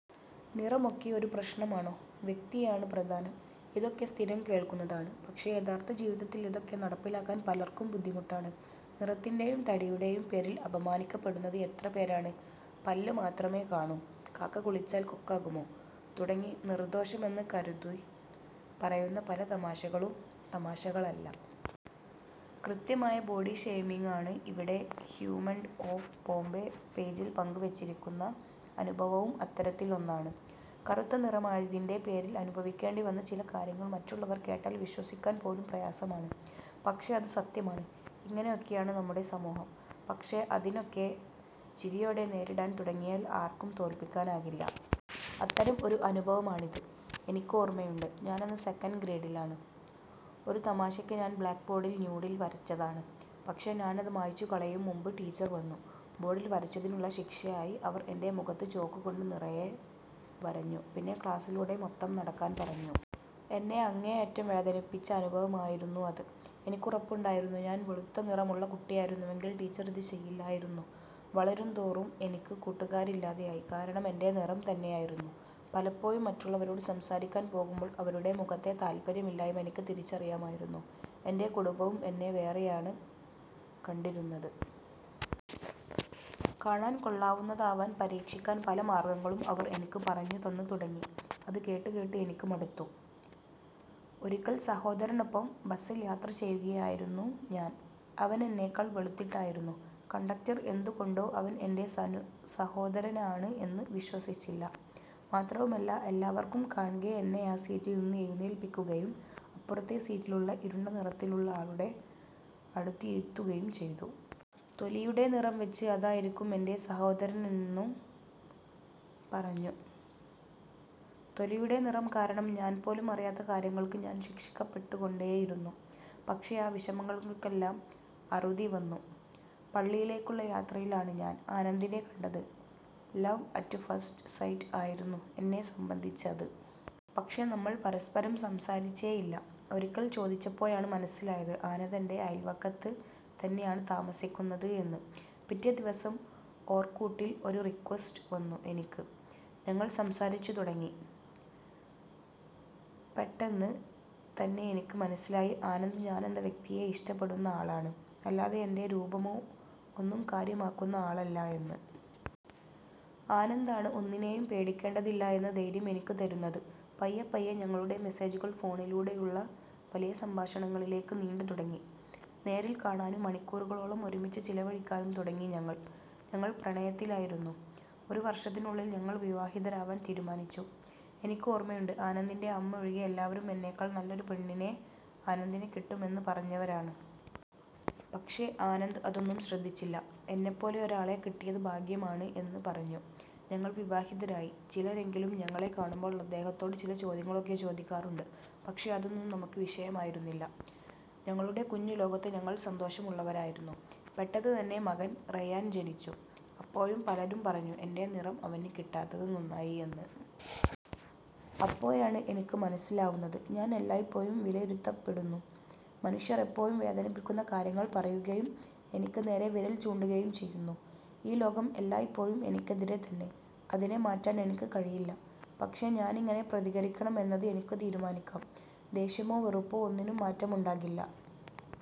നിറമൊക്കെ ഒരു പ്രശ്നമാണോ? വ്യക്തിയാണ് പ്രധാനം. ഇതൊക്കെ സ്ഥിരം കേൾക്കുന്നതാണ്. പക്ഷേ യഥാർഥ ജീവിതത്തിൽ ഇതൊക്കെ നടപ്പിലാക്കാൻ പലർക്കും ബുദ്ധിമുട്ടാണ്. നിറത്തിൻ്റെയും തടിയുടെയും പേരിൽ അപമാനിക്കപ്പെടുന്നത് എത്ര പേരാണ്? പല്ല് മാത്രമേ കാണൂ, കാക്ക കുളിച്ചാൽ കൊക്കാകുമോ തുടങ്ങി നിർദോഷമെന്ന് കരുതി പറയുന്ന പല തമാശകളും തമാശകളല്ല. കൃത്യമായ ബോഡി ഷേമിങ്ങാണ്. ഇവിടെ ഹ്യൂമൻസ് ഓഫ് ബോംബെ പേജിൽ പങ്കുവെച്ചിരിക്കുന്ന അനുഭവവും അത്തരത്തിലൊന്നാണ്. കറുത്ത നിറമായതിൻ്റെ പേരിൽ അനുഭവിക്കേണ്ടി വന്ന ചില കാര്യങ്ങൾ മറ്റുള്ളവർ കേട്ടാൽ വിശ്വസിക്കാൻ പോലും പ്രയാസമാണ്. പക്ഷേ അത് സത്യമാണ്. ഇങ്ങനെയൊക്കെയാണ് നമ്മുടെ സമൂഹം. പക്ഷേ അതിനെയൊക്കെ ചിരിയോടെ നേരിടാൻ തുടങ്ങിയാൽ ആർക്കും തോൽപ്പിക്കാനാകില്ല. അത്തരം ഒരു അനുഭവമാണിത്. എനിക്കോർമയുണ്ട്. ഞാനന്ന് സെക്കൻഡ് ഗ്രേഡിലാണ്. ഒരു തമാശയ്ക്ക് ഞാൻ ബ്ലാക്ക്ബോർഡിൽ ഡൂഡിൽ വരച്ചതാണ്. പക്ഷേ ഞാനത് മായ്ച്ചുകളയും മുമ്പ് ടീച്ചർ വന്നു. ബോർഡിൽ വരച്ചതിനുള്ള ശിക്ഷയായി അവർ എൻ്റെ മുഖത്ത് ചോക്ക് കൊണ്ട് നിറയെ വരഞ്ഞു. പിന്നെ ക്ലാസിലൂടെ മൊത്തം നടക്കാൻ പറഞ്ഞു. എന്നെ അങ്ങേയറ്റം വേദനിപ്പിച്ച അനുഭവമായിരുന്നു അത്. എനിക്കുറപ്പുണ്ടായിരുന്നു ഞാൻ വെളുത്ത നിറമുള്ള കുട്ടിയായിരുന്നുവെങ്കിൽ ടീച്ചർ അത് ചെയ്യില്ലായിരുന്നു. വളരുന്തോറും എനിക്ക് കൂട്ടുകാരില്ലാതായി. കാരണം എൻ്റെ നിറം തന്നെയായിരുന്നു. പലപ്പോഴും മറ്റുള്ളവരോട് സംസാരിക്കാൻ പോകുമ്പോൾ അവരുടെ മുഖത്തെ താൽപര്യമില്ലായ്മ എനിക്ക് തിരിച്ചറിയാമായിരുന്നു. എൻ്റെ കുടുംബവും എന്നെ വേറെയാണ് കണ്ടിരുന്നത്. കാണാൻ കൊള്ളുന്നതാവാൻ പരീക്ഷിക്കാൻ പല മാർഗങ്ങളും അവർ എനിക്ക് പറഞ്ഞുതന്ന് തുടങ്ങി. അത് കേട്ടുകേട്ട് എനിക്ക് മടുത്തിരുന്നു. ഒരിക്കൽ സഹോദരനൊപ്പം ബസിൽ യാത്ര ചെയ്യുകയായിരുന്നു ഞാൻ. അവനെന്നെക്കാൾ വെളുത്തിട്ടായിരുന്നു. കണ്ടക്ടർ എന്തുകൊണ്ടോ അവൻ എൻ്റെ സഹോദരനാണ് എന്ന് വിശ്വസിച്ചില്ല. മാത്രവുമല്ല എല്ലാവരും കാൺകെ എന്നെ ആ സീറ്റിൽ നിന്ന് എഴുന്നേൽപ്പിക്കുകയും അപ്പുറത്തെ സീറ്റിലിരുന്ന ഇരുണ്ട നിറത്തിലുള്ള ആളുടെ അടുത്ത് ഇരുത്തുകയും ചെയ്തു. തൊലിയുടെ നിറം വെച്ച് അതായിരിക്കും എൻ്റെ സഹോദരനെന്നും പറഞ്ഞു. തൊലിയുടെ നിറം കാരണം ഞാൻ പോലും അറിയാത്ത കാര്യങ്ങൾക്ക് ഞാൻ ശിക്ഷിക്കപ്പെട്ടുകൊണ്ടേയിരുന്നു. പക്ഷേ ആ വിഷമങ്ങൾക്കെല്ലാം അറുതി വന്നു. പള്ളിയിലേക്കുള്ള യാത്രയിലാണ് ഞാൻ ആനന്ദിനെ കണ്ടത്. ലവ് അറ്റ് ഫസ്റ്റ് സൈറ്റ് ആയിരുന്നു എന്നെ സംബന്ധിച്ച് അത്. പക്ഷേ നമ്മൾ പരസ്പരം സംസാരിച്ചേയില്ല. ഒരിക്കൽ ചോദിച്ചപ്പോഴാണ് മനസ്സിലായത് ആനന്ദ് എൻ്റെ അയൽവക്കത്ത് തന്നെയാണ് താമസിക്കുന്നത് എന്ന്. പിറ്റേദിവസം ഓർക്കൂട്ടിൽ ഒരു റിക്വസ്റ്റ് വന്നു എനിക്ക്. ഞങ്ങൾ സംസാരിച്ചു തുടങ്ങി. പെട്ടെന്ന് തന്നെ എനിക്ക് മനസ്സിലായി ആനന്ദ് ഞാനെന്ന വ്യക്തിയെ ഇഷ്ടപ്പെടുന്ന ആളാണ്. അല്ലാതെ എൻ്റെ രൂപമോ ഒന്നും കാര്യമാക്കുന്ന ആളല്ല എന്ന്. ആനന്ദാണ് ഒന്നിനെയും പേടിക്കേണ്ടതില്ല എന്ന ധൈര്യം എനിക്ക് തരുന്നത്. പയ്യപ്പയ്യെ ഞങ്ങളുടെ മെസേജുകൾ ഫോണിലൂടെയുള്ള വലിയ സംഭാഷണങ്ങളിലേക്ക് നീണ്ടുതുടങ്ങി. നേരിൽ കാണാനും മണിക്കൂറുകളോളം ഒരുമിച്ച് ചെലവഴിക്കാനും തുടങ്ങി ഞങ്ങൾ. ഞങ്ങൾ പ്രണയത്തിലായിരുന്നു. ഒരു വർഷത്തിനുള്ളിൽ ഞങ്ങൾ വിവാഹിതരാവാൻ തീരുമാനിച്ചു. എനിക്കോർമയുണ്ട്. ആനന്ദിൻ്റെ അമ്മ ഒഴികെ എല്ലാവരും എന്നേക്കാൾ നല്ലൊരു പെണ്ണിനെ ആനന്ദിന് കിട്ടും എന്ന് പറഞ്ഞവരാണ്. പക്ഷേ ആനന്ദ് അതൊന്നും ശ്രദ്ധിച്ചില്ല. എന്നെപ്പോലൊരാളെ കിട്ടിയത് ഭാഗ്യമാണ് എന്ന് പറഞ്ഞു. ഞങ്ങൾ വിവാഹിതരായി. ചിലരെങ്കിലും ഞങ്ങളെ കാണുമ്പോൾ അദ്ദേഹത്തോട് ചില ചോദ്യങ്ങളൊക്കെ ചോദിക്കാറുണ്ട്. പക്ഷേ അതൊന്നും നമുക്ക് വിഷയമായിരുന്നില്ല. ഞങ്ങളുടെ കുഞ്ഞുലോകത്ത് ഞങ്ങൾ സന്തോഷമുള്ളവരായിരുന്നു. പെട്ടെന്ന് തന്നെ മകൻ റയാൻ ജനിച്ചു. അപ്പോഴും പലരും പറഞ്ഞു എൻ്റെ നിറം അവന് കിട്ടാത്തത് നന്നായി എന്ന്. അപ്പോഴാണ് എനിക്ക് മനസ്സിലാവുന്നത് ഞാൻ എല്ലായ്പ്പോഴും വിലയിരുത്തപ്പെടുന്നു, മനുഷ്യർ എപ്പോഴും വേദനിപ്പിക്കുന്ന കാര്യങ്ങൾ പറയുകയും എനിക്ക് നേരെ വിരൽ ചൂണ്ടുകയും ചെയ്യുന്നു.ഈ ലോകം എല്ലായ്പ്പോഴും എനിക്കെതിരെ തന്നെ. അതിനെ മാറ്റാൻ എനിക്ക് കഴിയില്ല. പക്ഷേ ഞാനെങ്ങനെ പ്രതികരിക്കണം എന്നത് എനിക്ക് തീരുമാനിക്കാം. ദേഷ്യമോ വെറുപ്പോ ഒന്നിനും മാറ്റമുണ്ടാക്കില്ല.